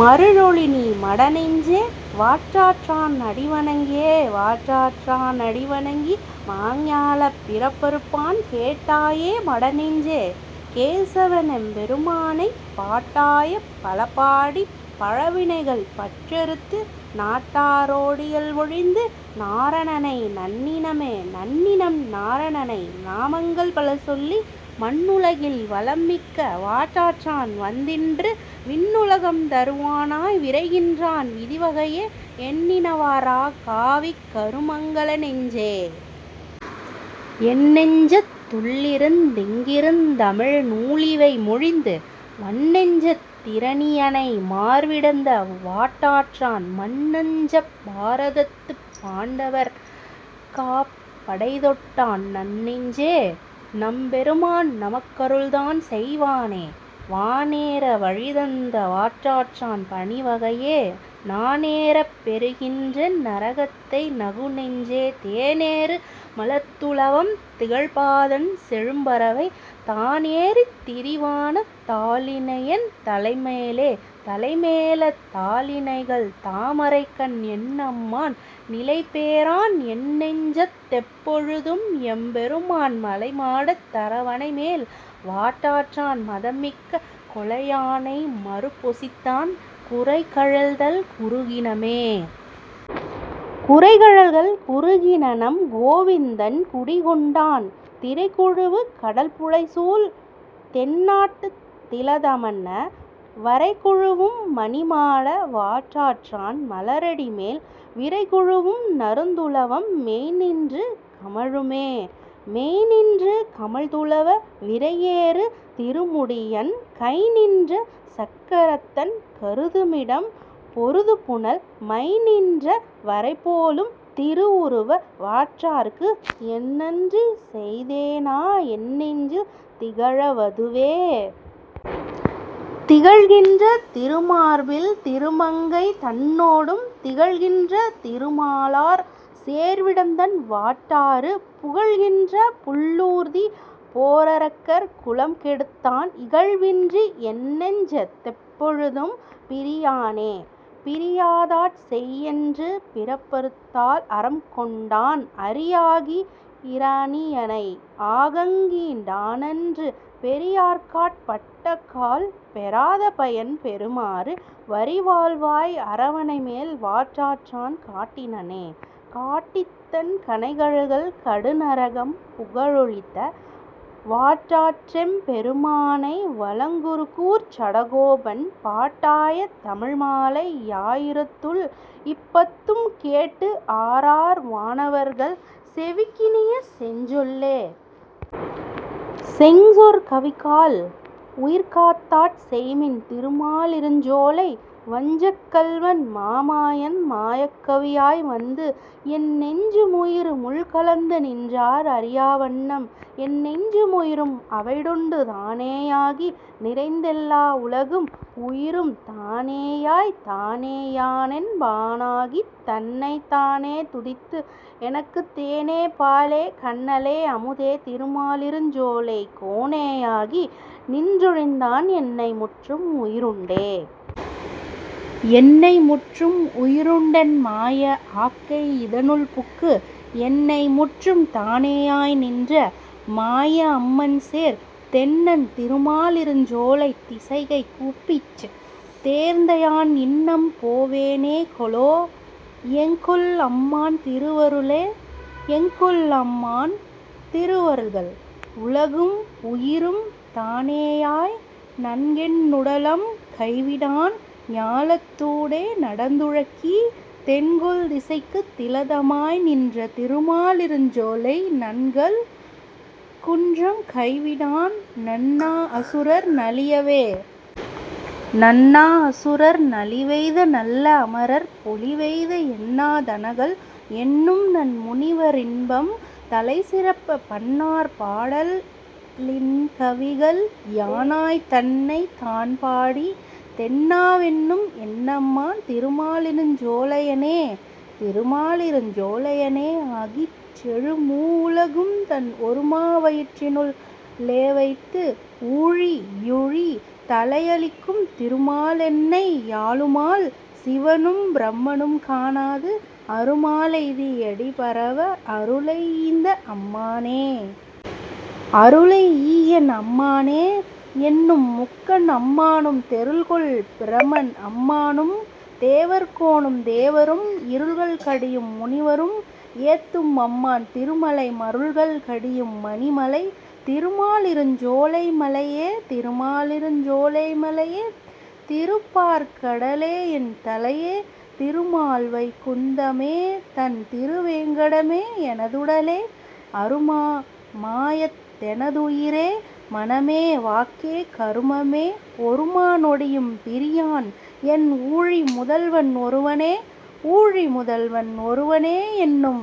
மருளொழிநீ மடநெஞ்சே. வாட்டாற்றான் அடிவணங்கே.. வாட்டாற்றா னடிவணங்கி மாஞாலப் பிறப்பறுப்பான் கேட்டாயே மடநெஞ்சே. கேசவனெம் பெருமானை பாட்டாய பலபாடிப் பழவினைகள் பற்றறுத்து நாட்டாரோ டியல்வொழிந்து நாரணனை நண்ணினமே.. நண்ணினம் நாரணனை நாமங்கள் பலசொல்லி மண்ணுலகில் வளம்மிக்க வாட்டாற்றான் வந்தின்று விண்ணுலகம் தருவானாய் விரைகின்றான் விதிவகையே எண்ணினவா றாகாவிக் கருமங்க ளென்னெஞ்சே.. என்னெஞ்சத் துள்ளிருந்திங் கிருந்தமிழ்நூலிவைமொழிந்து வன்னெஞ்சத் திரணியனை மார்விடந்த வாட்டாற்றான் மன்னஞ்சப் பாரதத்துப் பாண்டவர்க்காப் படைதொட்டான் நன்னெஞ்சே. நம்பெருமான் நமக்கருள்தான் செய்வானே.. வானேற வழிதந்த வாட்டாற்றான் பணிவகையே நானேறப் பெறுகின்றென் நரகத்தை நகுநெஞ்சே தேனேறு மலர்த்துளவம் திகழ்பாதன் செழும்பறவை தானேறித் திரிவான தாளிணையென் தலைமேலே.. தலைமேல தாளிணைகள் தாமரைக்கண் என்னம்மான் நிலைபேரான் என்நெஞ்சத் தெப்பொழுதும் எம்பெருமான் மலைமாடத் தரவணைமேல் வாட்டாற்றான் மதமிக்க கொலையானை மருப்பொசித்தான் குரைகழல்தள் குறுகினமே.. குரைகழல்கள் குறுகினம் நம் கோவிந்தன் குடிகொண்டான் திரைகுழுவு கடல்புடைசூழ் தென்னாட்டுத் திலதமன்ன வரைகுழுவும் மணிமாட வாட்டாற்றான் மலரடிமேல் விரைகுழுவும் நறுந்துளவம் மெய்ந்நின்று கமழுமே.. மெய்ந்நின்று கமழ்துளவ விரையேறு திருமுடியன் கைந்நின்ற சக்கரத்தன் கருதுமிடம் பொருதுபுனல் மைந்நின்ற வரைபோலும் திருவுருவ வாட்டாற்றாற்கு எந்நன்றி செய்தேனா என்னெஞ்சில் திகழவதுவே?. திகழ்கின்ற திருமார்பில் திருமங்கை தன்னோடும் திகழ்கின்ற திருமாலார் சேர்விடம்தண் வாட்டாறு புகழ்கின்ற புள்ளூர்தி போரரக்கர் குலம்கெடுத்தான் இகழ்வின்றி என்னெஞ்சத் தெப்பொழுதும் பிரியானே.. பிரியாதாட் செய்யென்று பிறப்பறுத்தாள் அறக்கொண்டான் அரியாகி இரணியனை ஆகங்கீண் டானன்று பெரியார்க்காட் பட்டக்கால் பெறாதபயன் பெறுமாறு வரிவாள்வாய் அரவணைமேல் வாட்டாற்றான் காட்டினனே.. காட்டித்தன் கனைகழல்கள் கடுநரகம் புகலொழித்த வாட்டாற்றெம் பெருமானை வளங்குருகூர்ச் சடகோபன் பாட்டாய தமிழ்மாலை யாயிரத்துள் இப்பத்தும் கேட்டு ஆரார் வானவர்கள் செவிக்கினிய செஞ்சொல்லே. செங்சொற் கவிகாள். உயிர்காத்தாட் செய்மின் திருமா லிருஞ்சோலை வஞ்சக் கள்வன் மாமாயன் மாயக் கவியாய் வந்து என் நெஞ்சு முயிரு முள்கலந்து நின்றார் அறியா வண்ணம் என் நெஞ்சு முயிரும் அவைடுண்டு தானே யாகி நிறைந்தெல்லா உலகும் உயிரும் தானேயாய் தானே யானென் பானாகித் தன்னைத் தானே துதித்து எனக்குத் தேனே பாலே கன்னலே அமுதே திருமாலிருஞ்சோலை கோனே யாகி நின்றொழிந்தான் என்னை முற்றும் உயிருண்டே.. என்னை முற்றும் உயிருண்டென் மாய ஆக்கை யிதனுள்புக்கு என்னை முற்றும் தானேயாய் நின்ற மாய அம்மான் சேர் தென்னன் திருமா லிருஞ்சோலைத் திசைகை கூப்பிச் தேர்ந்தயான் இன்னம் போவே னேகொலோ. எங்கொல் அம்மான் திருவருளே?. என்கொல் அம்மான் திருவருள்கள்? உலகும் உயிரும் தானேயாய் நன்கென் னுடலம் கைவிடான் ஞாலத் தூடே நடந்துழக்கி தென்கொள் திசைக்குத் திலதமாய் நின்ற திருமாலிருஞ்சோலை நங்கள் குன்றம் கைவிடான் நண்ணா அசுரர் நலியவே.. நண்ணா அசுரர் நலிவெய்த நல்ல அமரர் பொலிவெய்த எண்ணா தனகள் எண்ணும்நன் முனிவ ரின்பம் தலைசிறப்ப பண்ணார் பாடல் இன்கவிகள் யானாய்த் தன்னைத் தான்பாடி தென்னா வென்னும் என்னம்மான் திருமாலிருஞ்சோலையானே.. திருமாலிருஞ்சோலையானே ஆகிச் செழுமூ வுலகும் தன் ஒருமா வயிற்றி னுள்ளேவைத்து ஊழி யூழி தலையளிக்கும் திருமாலென்னை யாளுமால் சிவனும் பிரமனும்காணாது அருமா லெய்தி யடிபரவ அருளை யீந்த அம்மானே.. அருளை ஈயென் அம்மானே. என்னும் முக்கண் அம்மானும் தெருள்கொள் பிரமன் அம்மானும் தேவர் கோனும் தேவரும் இருள்கள் கடியும் முனிவரும் ஏத்தும் அம்மான் திருமலை மருள்கள் கடியும் மணிமலை திருமாலிருஞ்சோலைமலையே.. திருமாலிருஞ்சோலைமலையே திருப்பாற் கடலே என்தலையே திருமால்வைகுந்தமே தண் திருவேங்கடமே எனதுடலே அருமா மாயத் தெனதுயிரே மனமே வாக்கே கருமமே ஒருமா நொடியும் பிரியான் என் ஊழி முதல்வன் ஒருவனே.. ஊழி முதல்வன் ஒருவனே என்னும்